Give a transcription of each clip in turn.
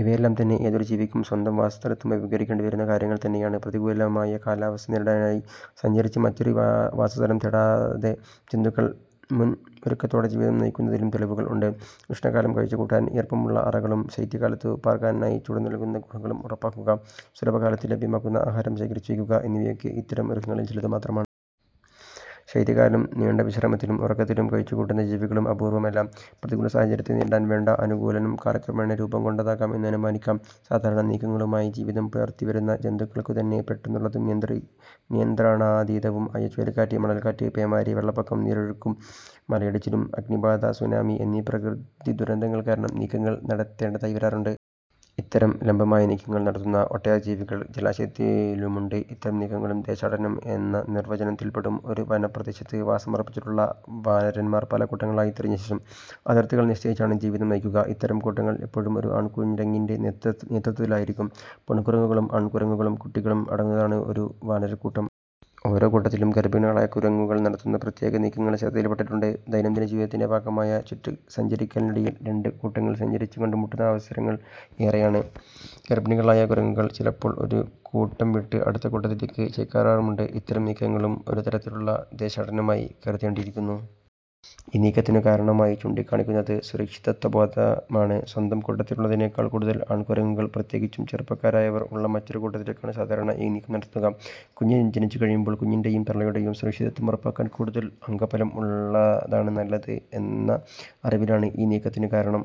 ഇവയെല്ലാംതന്നെ ഏതൊരു ജീവിക്കും സ്വന്തം വാസസ്ഥലത്തും അഭിമുഖീകരിക്കേണ്ടിവരുന്ന കാര്യങ്ങൾ തന്നെയാണ്. പ്രതികൂലമായ കാലവസ്ഥ നേരിടാനായി സഞ്ചരിച്ച് മറ്റൊരു വാസസ്ഥലം തേടാതെ ജന്തുക്കൾ മുൻഒരുക്കത്തോടെ ജീവിതം നയിക്കുന്നതിനും തെളിവുകൾ ഉണ്ട്. ഉഷ്ണകാലം കഴിച്ചുകൂട്ടാൻ ഈർപ്പമുള്ള അറകളും ശൈത്യകാലത്തു പാർക്കാനായി ചൂടുനല്കുന്ന ഗുഹകളും ഉറപ്പാക്കുക, സുലഭകാലത്ത് ലഭ്യമാകുന്ന ആഹാരം ശേഖരിച്ചുവയ്ക്കുക എന്നിവയൊക്കെ ഇത്തരം ഒരുക്കങ്ങളിൽ ചിലതു മാത്രമാണ്. ശൈത്യകാലം നീണ്ട വിശ്രമത്തിലും ഉറക്കത്തിലും കഴിച്ചുകൂട്ടുന്ന ജീവികളും അപൂർവമല്ല. പ്രതികൂലസാഹചര്യത്തെ നേരിടാൻവേണ്ട അനുകൂലനം കാലക്രമേണ രൂപംകൊണ്ടതാകാം എന്ന് അനുമാനിക്കാം. സാധാരണ നീക്കങ്ങളുമായി ജീവിതം പുലർത്തിവരുന്ന ജന്തുക്കൾക്കുതന്നെ പെട്ടെന്നുള്ളതും നിയന്ത്രി നിയന്ത്രണാതീതവും ആയ ചുഴലിക്കാറ്റ്, മണൽക്കാറ്റ്, പേമാരി, വെള്ളപ്പൊക്കം, നീരൊഴുക്കും മലയിടിച്ചിലും, അഗ്നിബാധ, സുനാമി എന്നീ പ്രകൃതിദുരന്തങ്ങൾകാരണം നീക്കങ്ങൾ നടത്തേണ്ടതായി വരാറുണ്ട്. ഇത്തരം ലംബമായ നീക്കങ്ങൾ നടത്തുന്ന ഒട്ടേറെ ജീവികൾ ജലാശയങ്ങളിലുമുണ്ട്. ഇത്തരം നീക്കങ്ങളും ദേശാടനം എന്ന നിർവചനത്തിൽപ്പെടും. ഒരു വനപ്രദേശത്ത് വാസമുറപ്പിച്ചിട്ടുള്ള വാനരന്മാർ പല കൂട്ടങ്ങളായി തിരിഞ്ഞശേഷം അതിർത്തികൾ നിശ്ചയിച്ചാണ് ജീവിതം നയിക്കുക. ഇത്തരം കൂട്ടങ്ങൾ എപ്പോഴും ഒരു ആൺകുരങ്ങിന്റെ നേതൃത്വത്തിലായിരിക്കും. പെൺകുരങ്ങുകളും ആൺകുരങ്ങുകളും കുട്ടികളും അടങ്ങുന്നതാണ് ഒരു വാനരക്കൂട്ടം. ഓരോ കൂട്ടത്തിലും ഗർഭിണികളായ കുരങ്ങുകൾ നടത്തുന്ന പ്രത്യേക നീക്കങ്ങൾ ശ്രദ്ധയിൽ പ്പെട്ടിട്ടുണ്ട്. ദൈനംദിന ജീവിതത്തിന്റെ ഭാഗമായ ചുറ്റിസഞ്ചരിക്കലിനിടയിൽ രണ്ട് കൂട്ടങ്ങൾ ഒരുമിച്ച് കണ്ടുമുട്ടുന്ന അവസരങ്ങൾ ഏറെയാണ്. ഗർഭിണികളായ കുരങ്ങുകൾ ചിലപ്പോൾ ഒരു കൂട്ടം വിട്ട് അടുത്ത കൂട്ടത്തിലേക്ക് ചേക്കേറാറുമുണ്ട്. ഇത്തരം നീക്കങ്ങളും ഒരുതരത്തിലുള്ള ദേശാടനമായി കരുതേണ്ടിയിരിക്കുന്നു. ഈ നീക്കത്തിനു കാരണമായി ചൂണ്ടിക്കാണിക്കുന്നത് സുരക്ഷിതത്വബോധമാണ്. സ്വന്തം കൂട്ടത്തിലുള്ളതിനെക്കാൾ കൂടുതൽ ആൺകുരങ്ങുകൾ, പ്രത്യേകിച്ചും ചെറുപ്പക്കാരായവർ ഉള്ള മറ്റൊരു കൂട്ടത്തിലേക്കാണ് സാധാരണ ഈ നീക്കം നടക്കുക. കുഞ്ഞ് ജനിച്ചുകഴിയുമ്പോൾ കുഞ്ഞിന്റെയും തള്ളയുടെയും സുരക്ഷിതത്വം ഉറപ്പാക്കാൻ കൂടുതൽ അംഗബലം ഉള്ളതാണ് നല്ലത് എന്ന അറിവാണ് ഈ നീക്കത്തിനു കാരണം.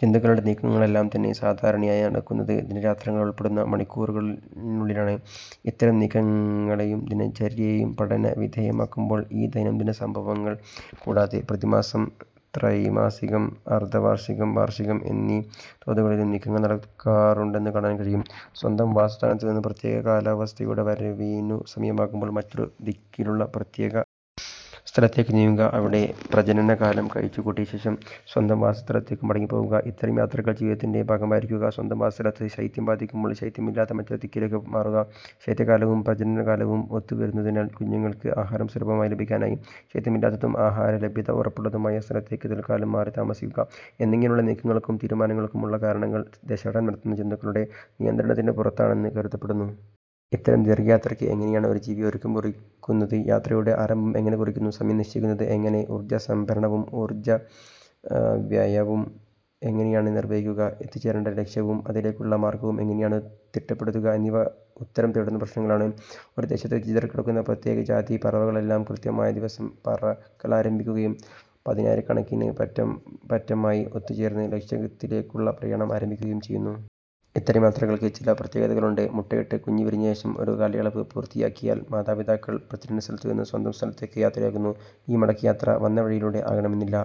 ജന്തുക്കളുടെ നീക്കങ്ങളെല്ലാംതന്നെ സാധാരണയായി നടക്കുന്നത് ദിനരാത്രങ്ങളുൾപ്പെടുന്ന മണിക്കൂറിനുള്ളിലാണ്. ഇത്തരം നീക്കങ്ങളെയും ദിനചര്യയെയും പഠനവിധേയമാക്കുമ്പോൾ ഈ ദൈനംദിന സംഭവങ്ങൾ കൂടാതെ പ്രതിമാസം, ത്രൈമാസികം, അർധവാർഷികം, വാർഷികം എന്നീ തോതുകളിലും നീക്കങ്ങൾ നടക്കാറുണ്ടെന്നു കാണാൻ കഴിയും. സ്വന്തം വാസസ്ഥാനത്തുനിന്ന് പ്രത്യേക കാലാവസ്ഥയുടെ വരവിനു സമയമാകുമ്പോൾ മറ്റൊരു ദിക്കിലുള്ള പ്രത്യേക സ്ഥലത്തേക്കു നീങ്ങുക, അവിടെ പ്രജനനകാലം കഴിച്ചുകൂട്ടിയശേഷം സ്വന്തം വാസസ്ഥലത്തേക്കു മടങ്ങിപ്പോവുക, ഇത്തരം യാത്രകൾ ജീവിതത്തിന്റെ ഭാഗമായിരിക്കുക, സ്വന്തം വാസസ്ഥലത്ത് ശൈത്യം ബാധിക്കുമ്പോൾ ശൈത്യമില്ലാത്ത മറ്റൊരു ദിക്കിലേക്കു മാറുക, ശൈത്യകാലവും പ്രജനനകാലവും ഒത്തുവരുന്നതിനാൽ കുഞ്ഞുങ്ങൾക്ക് ആഹാരം സുലഭമായി ലഭിക്കാനായി ശൈത്യമില്ലാത്തതും ആഹാരലഭ്യത ഉറപ്പുള്ളതുമായ സ്ഥലത്തേക്ക് തത്ക്കാലം മാറിത്താമസിക്കുക എന്നിങ്ങനെയുള്ള നീക്കങ്ങൾക്കും തീരുമാനങ്ങൾക്കും ഉള്ള കാരണങ്ങൾ ദേശാടനം നടത്തുന്ന ജന്തുക്കളുടെ നിയന്ത്രണത്തിനു പുറത്താണെന്ന് കരുതപ്പെടുന്നു. ഇത്തരം ദീർഘയാത്രയ്ക്ക് എങ്ങനെയാണ് ഒരു ജീവി ഒരുക്കം കുറിക്കുന്നത്, യാത്രയുടെ ആരംഭം എങ്ങനെ കുറിക്കുന്നു, സമയം നിശ്ചയിക്കുന്നത് എങ്ങനെ, ഊർജസംഭരണവും ഊർജവ്യയവും എങ്ങനെയാണ് നിർവഹിക്കുക, എത്തിച്ചേരേണ്ട ലക്ഷ്യവും അതിലേക്കുള്ള മാർഗവും എങ്ങനെയാണ് തിട്ടപ്പെടുത്തുക എന്നിവ ഉത്തരം തേടുന്ന പ്രശ്നങ്ങളാണ്. ഒരു ദേശത്ത് ചിതറിക്കിടക്കുന്ന പ്രത്യേകജാതി പറവകളെല്ലാം കൃത്യമായ ദിവസം പറക്കലാരംഭിക്കുകയും, പതിനായിരക്കണക്കിന് പറ്റം പറ്റമായി ഒത്തു ചേർന്ന് ലക്ഷ്യത്തിലേക്കുള്ള പ്രയാണം ആരംഭിക്കുകയും ചെയ്യുന്നു. ഇത്തരം യാത്രകൾക്ക് ചില പ്രത്യേകതകളുണ്ട്. മുട്ടയിട്ട് കുഞ്ഞ് വിരിഞ്ഞശേഷം ഒരു കാലയളവ് പൂർത്തിയായാൽ മാതാപിതാക്കൾ പ്രജനനസ്ഥലത്തുനിന്ന് സ്വന്തം സ്ഥലത്തേക്കു യാത്രയാകുന്നു. ഈ മടക്കയാത്ര വന്ന വഴിയിലൂടെ ആകണമെന്നില്ല.